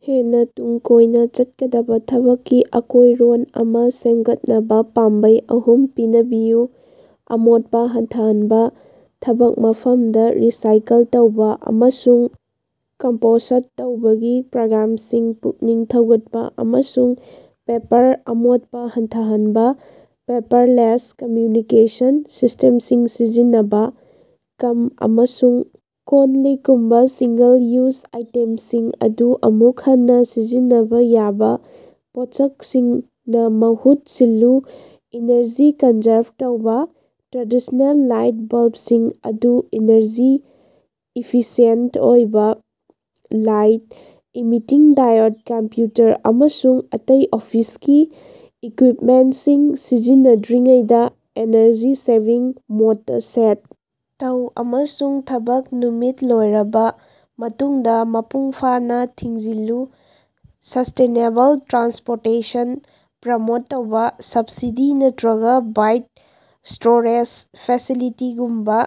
ꯍꯦꯟꯅ ꯇꯨꯡ ꯀꯣꯏꯅ ꯆꯠꯀꯗꯕ ꯊꯕꯛꯀꯤ ꯑꯀꯣꯏꯔꯣꯟ ꯑꯃ ꯁꯦꯝꯒꯠꯅꯕ ꯄꯥꯝꯕꯩ ꯑꯍꯨꯝ ꯄꯅꯕꯤꯌꯨ꯫ ꯑꯃꯣꯠꯄ ꯍꯟꯊꯍꯟꯕ: ꯊꯕꯛ ꯃꯐꯝꯗ ꯔꯤꯁꯥꯏꯀꯜ ꯇꯧꯕ ꯑꯃꯁꯨꯡ ꯀꯝꯄꯣꯁꯠ ꯇꯧꯕꯒꯤ ꯄ꯭ꯔꯣꯒ꯭ꯔꯥꯝꯁꯤꯡ ꯄꯨꯛꯅꯤꯡ ꯊꯧꯒꯠꯄ ꯑꯃꯁꯨꯡ ꯄꯦꯄꯔ ꯑꯃꯣꯠꯄ ꯍꯟꯊꯍꯟꯅꯕ ꯄꯦꯄꯔꯂꯦꯁ ꯀꯝꯃ꯭ꯌꯨꯅꯤꯀꯦꯁꯟ ꯁꯤꯁ꯭ꯇꯦꯝꯁꯤꯡ ꯁꯤꯖꯤꯟꯅꯕ꯫ ꯀꯞ ꯑꯃꯁꯨꯡ ꯀꯣꯟ-ꯂꯤꯛꯀꯨꯝꯕ ꯁꯤꯡꯒꯜ-ꯌꯨꯖ ꯑꯥꯏꯇꯦꯝꯁꯤꯡ ꯑꯗꯨ ꯑꯃꯨꯛ ꯍꯟꯅ ꯁꯤꯖꯤꯟꯅꯕ ꯌꯥꯕ ꯄꯣꯠꯁꯛꯁꯤꯡꯅ ꯃꯍꯨꯠ ꯁꯤꯜꯂꯨ꯫ ꯏꯅꯔꯖꯤ ꯀꯟꯖꯔꯚ ꯇꯧꯕ: ꯇ꯭ꯔꯦꯗꯤꯁꯟꯅꯦꯜ ꯂꯥꯏꯠ ꯕꯜꯕꯁꯤꯡ ꯑꯗꯨ ꯏꯅꯔꯖꯤ ꯏꯐꯤꯁꯤꯑꯦꯟꯇ ꯑꯣꯏꯕ ꯂꯥꯏꯠ ꯏꯃꯤꯠꯇꯤꯡ ꯗꯥꯏꯑꯣꯗ ꯀꯝꯄ꯭ꯌꯨꯇꯔ ꯑꯃꯁꯨꯡ ꯑꯇꯩ ꯑꯣꯐꯤꯁꯀꯤ ꯏꯀ꯭ꯌꯨꯏꯞꯃꯦꯟꯇꯁꯤꯡ ꯁꯤꯖꯤꯟꯅꯗ꯭ꯔꯤꯉꯩꯗ "ꯑꯦꯅꯔꯖꯤ-ꯁꯦꯚꯤꯡ" ꯃꯣꯗꯇ ꯁꯦꯠ ꯇꯧ ꯑꯃꯁꯨꯡ ꯊꯕꯛ ꯅꯨꯃꯤꯠ ꯂꯣꯏꯔꯕ ꯃꯇꯨꯡꯗ ꯃꯄꯨꯡꯐꯥꯅ ꯊꯤꯡꯖꯤꯜꯂꯨ꯫ ꯁꯁ꯭ꯇꯦꯅꯦꯕꯜ ꯇ꯭ꯔꯥꯟꯁꯄꯣꯔꯇꯦꯁꯟ ꯄ꯭ꯔꯣꯃꯣꯠ ꯇꯧꯕ: ꯁꯕꯁꯤꯗꯤ ꯅꯠꯇ꯭ꯔꯒ ꯕꯥꯏꯛ ꯁ꯭ꯇꯣꯔꯦꯖ ꯐꯦꯁꯤꯂꯤꯇꯤꯒꯨꯝꯕ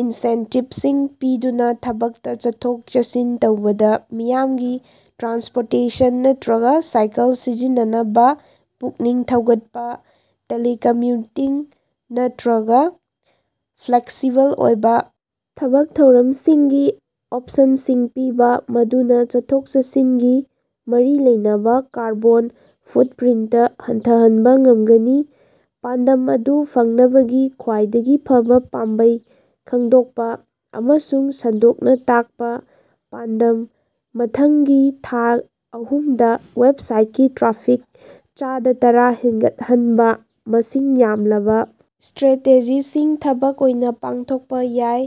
ꯏꯟꯁꯦꯟꯇꯤꯚꯁꯤꯡ ꯄꯤꯗꯨꯅ ꯊꯕꯛꯇ ꯆꯠꯊꯣꯛ-ꯆꯠꯁꯤꯟ ꯇꯧꯕꯗ ꯃꯤꯌꯥꯝꯒꯤ ꯇ꯭ꯔꯥꯟꯁꯄꯣꯔꯇꯦꯁꯟ ꯅꯠꯇ꯭ꯔꯒ ꯁꯥꯏꯀꯜ ꯁꯤꯖꯤꯟꯅꯅꯕ ꯄꯨꯛꯅꯤꯡ ꯊꯧꯒꯠꯄ꯫ ꯇꯦꯂꯤꯀꯝꯃ꯭ꯌꯨꯇꯤꯡ ꯅꯠꯇ꯭ꯔꯒ ꯐ꯭ꯂꯦꯛꯁꯤꯕꯜ ꯑꯣꯏꯕ ꯊꯕꯛ ꯊꯧꯔꯝꯁꯤꯡꯒꯤ ꯑꯣꯞꯁꯟꯁꯤꯡ ꯄꯤꯕ, ꯃꯗꯨꯅ ꯆꯠꯊꯣꯛ-ꯆꯠꯁꯤꯟꯒꯤ ꯃꯔꯤ ꯂꯩꯅꯕ ꯀꯥꯔꯕꯣꯟ ꯐꯨꯠꯄ꯭ꯔꯤꯟꯇ ꯍꯟꯊꯍꯟꯕ ꯉꯝꯒꯅꯤ꯫ ꯄꯥꯟꯗꯝ ꯑꯗꯨ ꯐꯪꯅꯕꯒꯤ ꯈ꯭ꯋꯥꯏꯗꯒꯤ ꯐꯕ ꯄꯥꯝꯕꯩ ꯈꯪꯗꯣꯛꯄ ꯑꯃꯁꯨꯡ ꯁꯟꯗꯣꯛꯅ ꯇꯥꯛꯄ꯫ ꯄꯥꯟꯗꯝ: ꯃꯊꯪꯒꯤ ꯊꯥ ꯑꯍꯨꯝꯗ ꯋꯦꯕꯁꯥꯏꯠꯀꯤ ꯇ꯭ꯔꯥꯐꯤꯛ ꯆꯥꯗ ꯇꯔꯥ ꯍꯦꯟꯒꯠꯍꯟꯕ ꯃꯁꯤꯡ ꯌꯥꯝꯂꯕ ꯁ꯭ꯇꯔꯦꯇꯦꯖꯤꯁꯤꯡ ꯊꯕꯛ ꯑꯣꯏꯅ ꯄꯥꯡꯊꯣꯛꯄ ꯌꯥꯏ꯫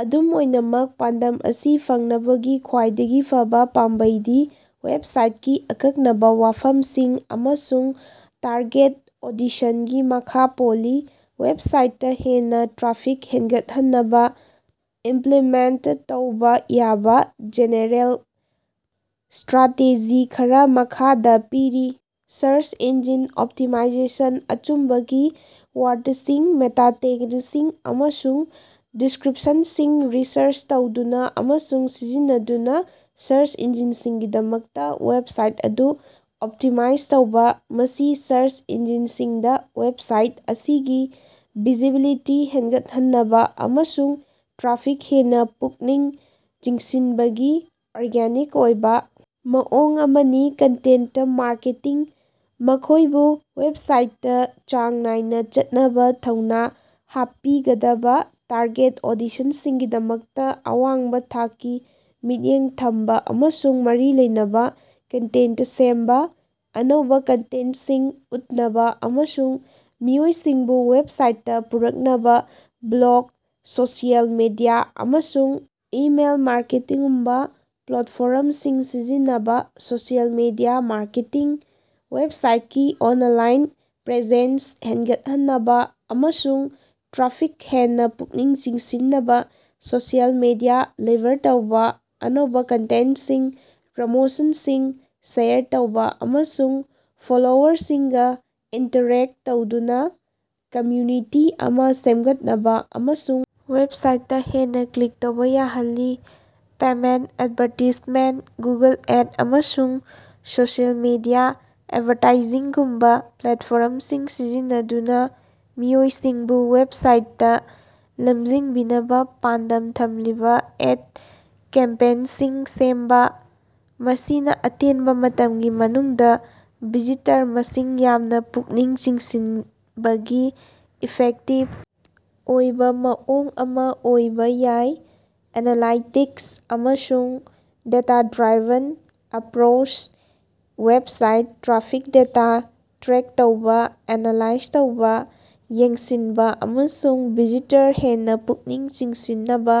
ꯑꯗꯨꯝ ꯑꯣꯏꯅꯃꯛ ꯄꯥꯟꯗꯝ ꯑꯁꯤ ꯐꯪꯅꯕꯒꯤ ꯈ꯭ꯋꯥꯏꯗꯒꯤ ꯐꯕ ꯄꯥꯝꯕꯩꯗꯤ ꯋꯦꯕꯁꯥꯏꯠꯀꯤ ꯑꯀꯛꯅꯕ ꯋꯥꯐꯝꯁꯤꯡ ꯑꯃꯁꯨꯡ ꯇꯥꯔꯒꯦꯠ ꯑꯣꯗꯤꯁꯟꯒꯤ ꯃꯈꯥ ꯄꯣꯜꯂꯤ꯫ ꯋꯦꯕꯁꯥꯏꯠꯇ ꯍꯦꯟꯅ ꯇ꯭ꯔꯥꯐꯤꯛ ꯍꯦꯟꯒꯠꯍꯟꯅꯕ ꯏꯃꯄ꯭ꯂꯤꯃꯦꯟꯇ ꯇꯧꯕ ꯌꯥꯕ ꯖꯦꯅꯦꯔꯦꯜ ꯁ꯭ꯇꯔꯥꯇꯦꯖꯤ ꯈꯔ ꯃꯈꯥꯗ ꯄꯤꯔꯤ: ꯁꯔꯆ ꯏꯟꯖꯤꯟ ꯑꯣꯞꯇꯤꯃꯥꯏꯖꯦꯁꯟ: ꯑꯆꯨꯝꯕ ꯀꯤ-ꯋꯥꯔꯗꯁꯤꯡ, ꯃꯦꯇꯥ ꯇꯦꯒꯁꯤꯡ ꯑꯃꯁꯨꯡ ꯗꯤꯁꯀ꯭ꯔꯤꯞꯁꯟꯁꯤꯡ ꯔꯤꯁꯔꯆ ꯇꯧꯗꯨꯅ ꯑꯃꯁꯨꯡ ꯁꯤꯖꯤꯟꯅꯗꯨꯅ ꯁꯔꯆ ꯏꯟꯖꯤꯟꯁꯤꯡꯒꯤꯗꯃꯛꯇ ꯋꯦꯕꯁꯥꯏꯠ ꯑꯗꯨ ꯑꯣꯞꯇꯤꯃꯥꯏꯖ ꯇꯧꯕ꯫ ꯃꯁꯤ ꯁꯔꯆ ꯏꯟꯖꯤꯟꯁꯤꯡꯗ ꯋꯦꯕꯁꯥꯏꯠ ꯑꯁꯤꯒꯤ ꯚꯤꯖꯤꯕꯤꯂꯤꯇꯤ ꯍꯦꯟꯒꯠꯍꯟꯅꯕ ꯑꯃꯁꯨꯡ ꯇ꯭ꯔꯥꯐꯤꯛ ꯍꯦꯟꯅ ꯄꯨꯛꯅꯤꯡ ꯆꯤꯡꯁꯤꯟꯕꯒꯤ ꯑꯣꯔꯒꯥꯅꯤꯛ ꯑꯣꯏꯕ ꯃꯑꯣꯡ ꯑꯃꯅꯤ꯫ ꯀꯟꯇꯦꯟꯇ ꯃꯥꯔꯀꯦꯇꯤꯡ: ꯃꯈꯣꯏꯕꯨ ꯋꯦꯕꯁꯥꯏꯠꯇ ꯆꯥꯡ ꯅꯥꯏꯅ ꯆꯠꯅꯕ ꯊꯧꯅ ꯍꯥꯞꯄꯤꯒꯗꯕ ꯇꯥꯔꯒꯦꯠ ꯑꯣꯗꯤꯁꯟꯒꯤꯗꯃꯛꯇ ꯑꯋꯥꯡꯕ ꯊꯥꯛꯀꯤ ꯃꯤꯠꯌꯦꯡ ꯊꯝꯕ ꯑꯃꯁꯨꯡ ꯃꯔꯤ ꯂꯩꯅꯕ ꯀꯟꯇꯦꯟꯇ ꯁꯦꯝꯕ; ꯑꯅꯧꯕ ꯀꯟꯇꯦꯟꯇꯁꯤꯡ ꯎꯠꯅꯕ ꯑꯃꯁꯨꯡ ꯃꯤꯑꯣꯏꯁꯤꯡꯕꯨ ꯋꯦꯕꯁꯥꯏꯠꯇ ꯄꯨꯔꯛꯅꯕ ꯕ꯭ꯂꯣꯒ, ꯁꯣꯁꯤꯑꯦꯜ ꯃꯤꯗꯤꯌꯥ ꯑꯃꯁꯨꯡ ꯏꯃꯦꯜ ꯃꯥꯔꯀꯦꯇꯤꯡꯒꯨꯝꯕ ꯄ꯭ꯂꯦꯠꯐꯣꯔꯝꯁꯤꯡ ꯁꯤꯖꯤꯟꯅꯕ; ꯁꯣꯁꯤꯑꯦꯜ ꯃꯤꯗꯤꯌꯥ ꯃꯥꯔꯀꯦꯇꯤꯡ: ꯋꯦꯕꯁꯥꯏꯠꯀꯤ ꯑꯣꯅꯂꯥꯏꯟ ꯄ꯭ꯔꯦꯖꯦꯟꯁ ꯍꯦꯟꯒꯠꯍꯟꯅꯕ ꯑꯃꯁꯨꯡ ꯇ꯭ꯔꯥꯐꯤꯛ ꯍꯦꯟꯅ ꯄꯨꯛꯅꯤꯡ ꯆꯤꯡꯁꯤꯟꯅꯕ ꯁꯣꯁꯤꯑꯦꯜ ꯃꯤꯗꯤꯌꯥ ꯂꯤꯚꯔ ꯇꯧꯕ, ꯑꯅꯧꯕ ꯀꯟꯇꯦꯟꯇꯁꯤꯡ, ꯄ꯭ꯔꯣꯃꯣꯁꯟꯁꯤꯡ ꯁꯦꯌꯔ ꯇꯧꯕ ꯑꯃꯁꯨꯡ ꯐꯣꯂꯣꯋꯔꯁꯤꯡꯒ ꯏꯟꯇꯔꯦꯛꯇ ꯇꯧꯗꯨꯅ ꯀꯝꯃ꯭ꯌꯨꯅꯤꯇꯤ ꯑꯃ ꯁꯦꯝꯒꯠꯅꯕ ꯑꯃꯁꯨꯡ ꯋꯦꯕꯁꯥꯏꯠꯇ ꯍꯦꯟꯅ ꯀ꯭ꯂꯤꯛ ꯇꯧꯕ ꯌꯥꯍꯜꯂꯤ꯫ ꯄꯦꯃꯦꯟꯇ ꯑꯦꯗꯚꯔꯇꯤꯁꯃꯦꯟꯇ: ꯒꯨꯒꯜ ꯑꯦꯗ ꯑꯃꯁꯨꯡ ꯁꯣꯁꯤꯑꯦꯜ ꯃꯤꯗꯤꯌꯥ ꯑꯦꯗꯚꯔꯇꯥꯏꯖꯤꯡꯒꯨꯝꯕ ꯄ꯭ꯂꯦꯠꯐꯣꯔꯝꯁꯤꯡ ꯁꯤꯖꯤꯟꯅꯗꯨꯅ ꯃꯤꯑꯣꯏꯁꯤꯡꯕꯨ ꯋꯦꯕꯁꯥꯏꯠꯇ ꯂꯝꯖꯤꯡꯕꯤꯅꯕ ꯄꯥꯟꯗꯝ ꯊꯝꯂꯤꯕ ꯑꯦꯗ ꯀꯦꯝꯄꯦꯟꯁꯤꯡ ꯁꯦꯝꯕ꯫ ꯃꯁꯤꯅ ꯑꯇꯦꯟꯕ ꯃꯇꯝꯒꯤ ꯃꯅꯨꯡꯗ ꯚꯤꯖꯤꯇꯔ ꯃꯁꯤꯡ ꯌꯥꯝꯅ ꯄꯨꯛꯅꯤꯡ ꯆꯤꯡꯁꯤꯟꯕꯒꯤ ꯏꯐꯦꯛꯇꯤꯚ ꯑꯣꯏꯕ ꯃꯑꯣꯡ ꯑꯃ ꯑꯣꯏꯕ ꯌꯥꯏ꯫ ꯑꯦꯅꯂꯥꯏꯇꯤꯛꯁ ꯑꯃꯁꯨꯡ data driven approach: website traffic data track ꯇꯧꯕ, ꯑꯦꯅꯂꯥꯏꯖ ꯇꯧꯕ, ꯌꯦꯡꯁꯤꯟꯕ ꯑꯃꯁꯨꯡ ꯚꯤꯖꯤꯇꯔ ꯍꯦꯟꯅ ꯄꯨꯛꯅꯤꯡ ꯆꯤꯡꯁꯤꯟꯅꯕ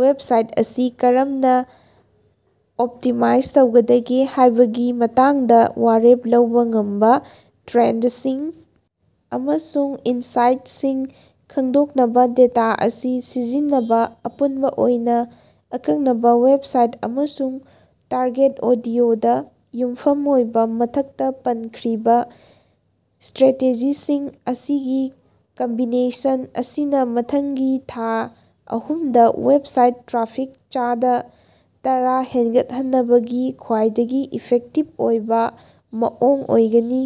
ꯋꯦꯕꯁꯥꯏꯠ ꯑꯁꯤ ꯀꯔꯝꯅ ꯑꯣꯞꯇꯤꯃꯥꯏꯖ ꯇꯧꯒꯗꯒꯦ ꯍꯥꯏꯕꯒꯤ ꯃꯇꯥꯡꯗ ꯋꯥꯔꯦꯞ ꯂꯧꯕ ꯉꯝꯕ ꯇ꯭ꯔꯦꯟꯗꯁꯤꯡ ꯑꯃꯁꯨꯡ ꯏꯟꯁꯥꯏꯠꯁꯤꯡ ꯈꯪꯗꯣꯛꯅꯕ ꯗꯦꯇꯥ ꯑꯁꯤ ꯁꯤꯖꯤꯟꯅꯕ; ꯑꯄꯨꯟꯕ ꯑꯣꯏꯅ, ꯑꯀꯛꯅꯕ ꯋꯦꯕꯁꯥꯏꯠ ꯑꯃꯁꯨꯡ ꯇꯥꯔꯒꯦꯠ ꯑꯣꯗꯤꯑꯣꯗ ꯌꯨꯝꯐꯝ ꯑꯣꯏꯕ ꯃꯊꯛꯇ ꯄꯟꯈ꯭ꯔꯤꯕ ꯁ꯭ꯇꯔꯦꯇꯦꯖꯤꯁꯤꯡ ꯑꯁꯤꯒꯤ ꯀꯝꯕꯤꯅꯦꯁꯟ ꯑꯁꯤꯅ ꯃꯊꯪꯒꯤ ꯊꯥ ꯑꯍꯨꯝꯗ ꯋꯦꯕꯁꯥꯏꯠ ꯇ꯭ꯔꯥꯐꯤꯛ ꯆꯥꯗ ꯇꯔꯥ ꯍꯦꯟꯒꯠꯍꯟꯅꯕꯒꯤ ꯈ꯭ꯋꯥꯏꯗꯒꯤ ꯏꯐꯦꯛꯇꯤꯚ ꯑꯣꯏꯕ ꯃꯑꯣꯡ ꯑꯣꯏꯒꯅꯤ꯫